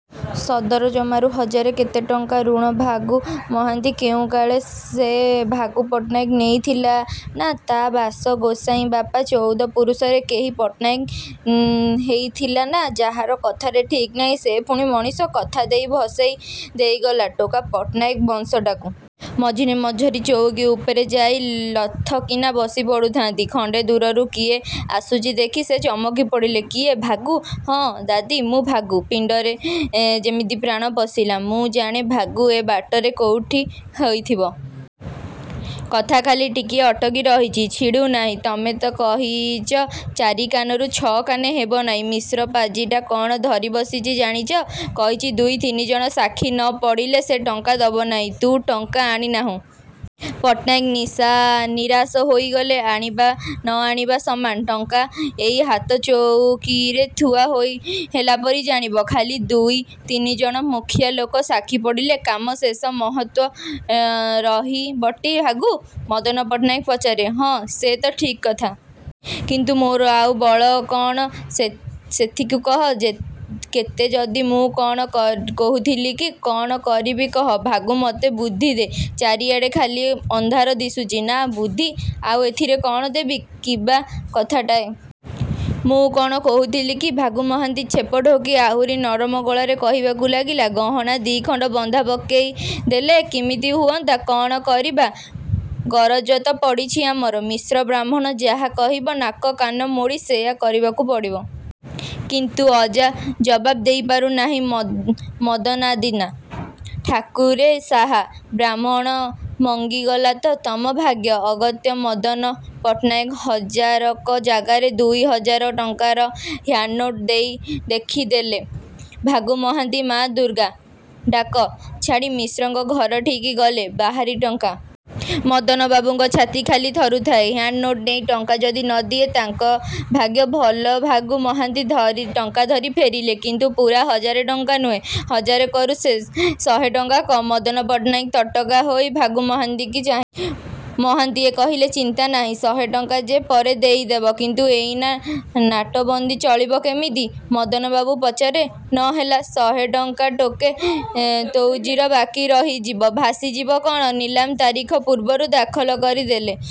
ସଦର ଜମାରୁ ହଜାରେ କେତେ ଟଙ୍କା ଊଣା। ଭାଗୁ ମହାନ୍ତି କେଉଁ କାଳେ ସେ ଭାଗୁ ପଟ୍ଟନାୟକ ହେଇ ଥିଲା ନା–ତା' ବାସ ଗୋସାଇଁବାପ ଚଉଦ ପୁରୁଷରେ କେହି ପଟ୍ଟନାୟକ ହେଇଥିଲା ନା ଯାହାର କଥାରେ ଠିକ୍ ନାହିଁ ସେ ପୁଣି ମଣିଷ! କଥା ଦେଇ ଭସେଇ ଦେଇଗଲା ଗୋଟା ପଟ୍ଟନାୟକ ବଂଶଟାକୁ। ମଝିରେ ମଝିରେ ଚଉକି ଉପରେ ଯାଇ ଲଥ କିନା ବସି ପଡ଼ୁଥାନ୍ତି। ଖଣ୍ଡେ ଦୂରରୁ କିଏ ଆସୁଚି ଦେଖି ସେ ଚମକି ପଡ଼ିଲେ''କିଏ ଭାଗୁ? '' ''ହଁ ଦାଦି, ମୁଁ ଭାଗୁ। '' ପିଣ୍ଡରେ ଯେମିତି ପ୍ରାଣ ପଶିଲା। ''ମୁଁ ଜାଣେ ଭାଗୁ ଏଇ ବାଟରେ କୋଉଠି ହେଇଥିବ। କଥା ଖାଲି ଟିକିଏ ଅଟକି ରହିଛି। ଛିଡ଼ୁ ନାହିଁ। ତମେ ତ କହିଚ ଚାରି କାନରୁ ଛ' କାନେ ହେବନାହିଁ। ମିଶ୍ର ପାଜିଟା କ'ଣ ଧରିବସିଛି ଜାଣିଛ? କହୁଛି ଦୁଇ ତିନିଜଣ ସାକ୍ଷୀ ନ ପଡ଼ିଲେ ସେ ଟଙ୍କା ଦବ ନାହିଁ। '' ''ତୁ ଟଙ୍କା ଆଣି ନାହୁଁ? ପଟ୍ଟନାୟକେ ନିରାଶ ହେଇଗଲେ। ''ଆଣିବା ନ ଆଣିବା ସମାନ। ଟଙ୍କା ଏଇ ହାତଚଉକିରେ ଥୁଆ ହେଲାପରି ଜାଣିବ, ଖାଲି ଦୁଇ ତିନିଜଣ ମୁଖିଆ ଲୋକ ସାକ୍ଷୀ ପଡ଼ିଲେ କାମ ଶେଷ। '' ''ମହତ୍ତ୍ୱ ରହିବଟି ଭାଗୁ? '' ମଦନ ପଟ୍ଟନାୟକ ପଚାରିଲେ। ''ହଁ, ସେ ତ ଠିକ୍ କଥା। କିନ୍ତୁ ମୋର ଆଉ ବଳ କ'ଣ ସେଥିକୁ କହ। ତେବେ ଯଦି ମୁଁ କ'ଣ କହୁଥିଲି କି''। ''କ'ଣ କରିବି କହ ଭାଗୁ ମୋତେ ବୁଦ୍ଧିଦେ ଚାରିଆଡ଼େ ମୋତେ ଖାଲି ଅନ୍ଧାର ଦିଶୁଛି। '' ''ନା, ବୁଦ୍ଧି ଆଉ ଏଥିରେ କ'ଣ ଦେବି। କିବା କଥାଟାଏ। ମୁଁ କ'ଣ କହୁଥିଲି କି'' ଭାଗୁ ମହାନ୍ତି ଛେପ ଢୋକି ଆହୁରି ନରମା ଗଳାରେ କହିବାକୁ ଲାଗିଲେ, ''ଗହଣା ଦି'ଖଣ୍ଡ ବନ୍ଧା ପକେଇ ଦେଲେ କିମିତି ହୁଅନ୍ତା। କ'ଣ କରିବା? ଗରଜ ତ ପଡ଼ିଚି ଆମର, ମିଶ୍ର ବାହ୍ମୁଣ ଯାହା କହିବ ନାକ କାନ ମୋଡ଼ି ସେଇୟା କରିବାକୁ ପଡ଼ିବ। କିନ୍ତୁ ଅଜା ଜବାବ ଦେଇପାରୁ ନାହିଁ ମଦନାଦାଦି। ''ଠାକୁରେ ସାହା। ବ୍ରାହ୍ମଣ ମଙ୍ଗିଗଲା ତ ତମ ଭାଗ୍ୟ। '' ଅଗତ୍ୟା ମଦନ ପଟ୍ଟନାୟକ ହଜାରକ ଜାଗାରେ ଦୁଇ ହଜାର ଟଙ୍କାର ହ୍ୟାଣ୍ଡନୋଟ ଲେଖିଦେଲେ। ଭାଗୁ ମହାନ୍ତି 'ମା ଦୁର୍ଗା! ' ଡାକ ଛାଡ଼ି ମିଶ୍ରଙ୍କ ଘରଠିକି ଗଲେ ବାହାରି ଟଙ୍କା ଆଣିବାକୁ। ମଦନବାବୁଙ୍କ ଛାତି ଖାଲି ଥରୁଥାଏ। ହ୍ୟାଣ୍ଡନୋଟ ନେଇ ଟଙ୍କା ଯଦି ନ ଦିଏ। ତାଙ୍କ ଭାଗ୍ୟ ଭଲ ଭାଗୁ ମହାନ୍ତି ଟଙ୍କା ଧରି ଫେରିଲେ। କିନ୍ତୁ ପୂରା ହଜାରେ ଟଙ୍କା ନୁହେଁ। ହଜାର କରୁ ଶହେ ଟଙ୍କା କମ୍। ମଦନ ପଟ୍ଟନାୟକ ତାଟକା ହୋଇ ଭାଗୁ ମହାନ୍ତିଙ୍କି ଚାହିଁଲେ। ମହାନ୍ତିଏ କହିଲେ''ଚିନ୍ତା ନାହିଁ ଶହେ ଟଙ୍କା ସେ ପରେ ଦେଇ ଦେବେ। '' ''କିନ୍ତୁ ଏଇଲେ ନାଟବନ୍ଦୀ ଚଳିବ କିମିତି? '' ମଦନବାବୁ ପଚାରିଲେ। ''ନ ହେଲା, ଶହେ ଟଙ୍କା ଗୋଟେ ତଉଜୀର ବାକି ରହିଯିବ। ଭାସିଯିବ କ'ଣ? ନିଲାମ ତାରିଖ ପୂର୍ବରୁ ଦାଖଲ କରି ଦେଲେ ହେଲା।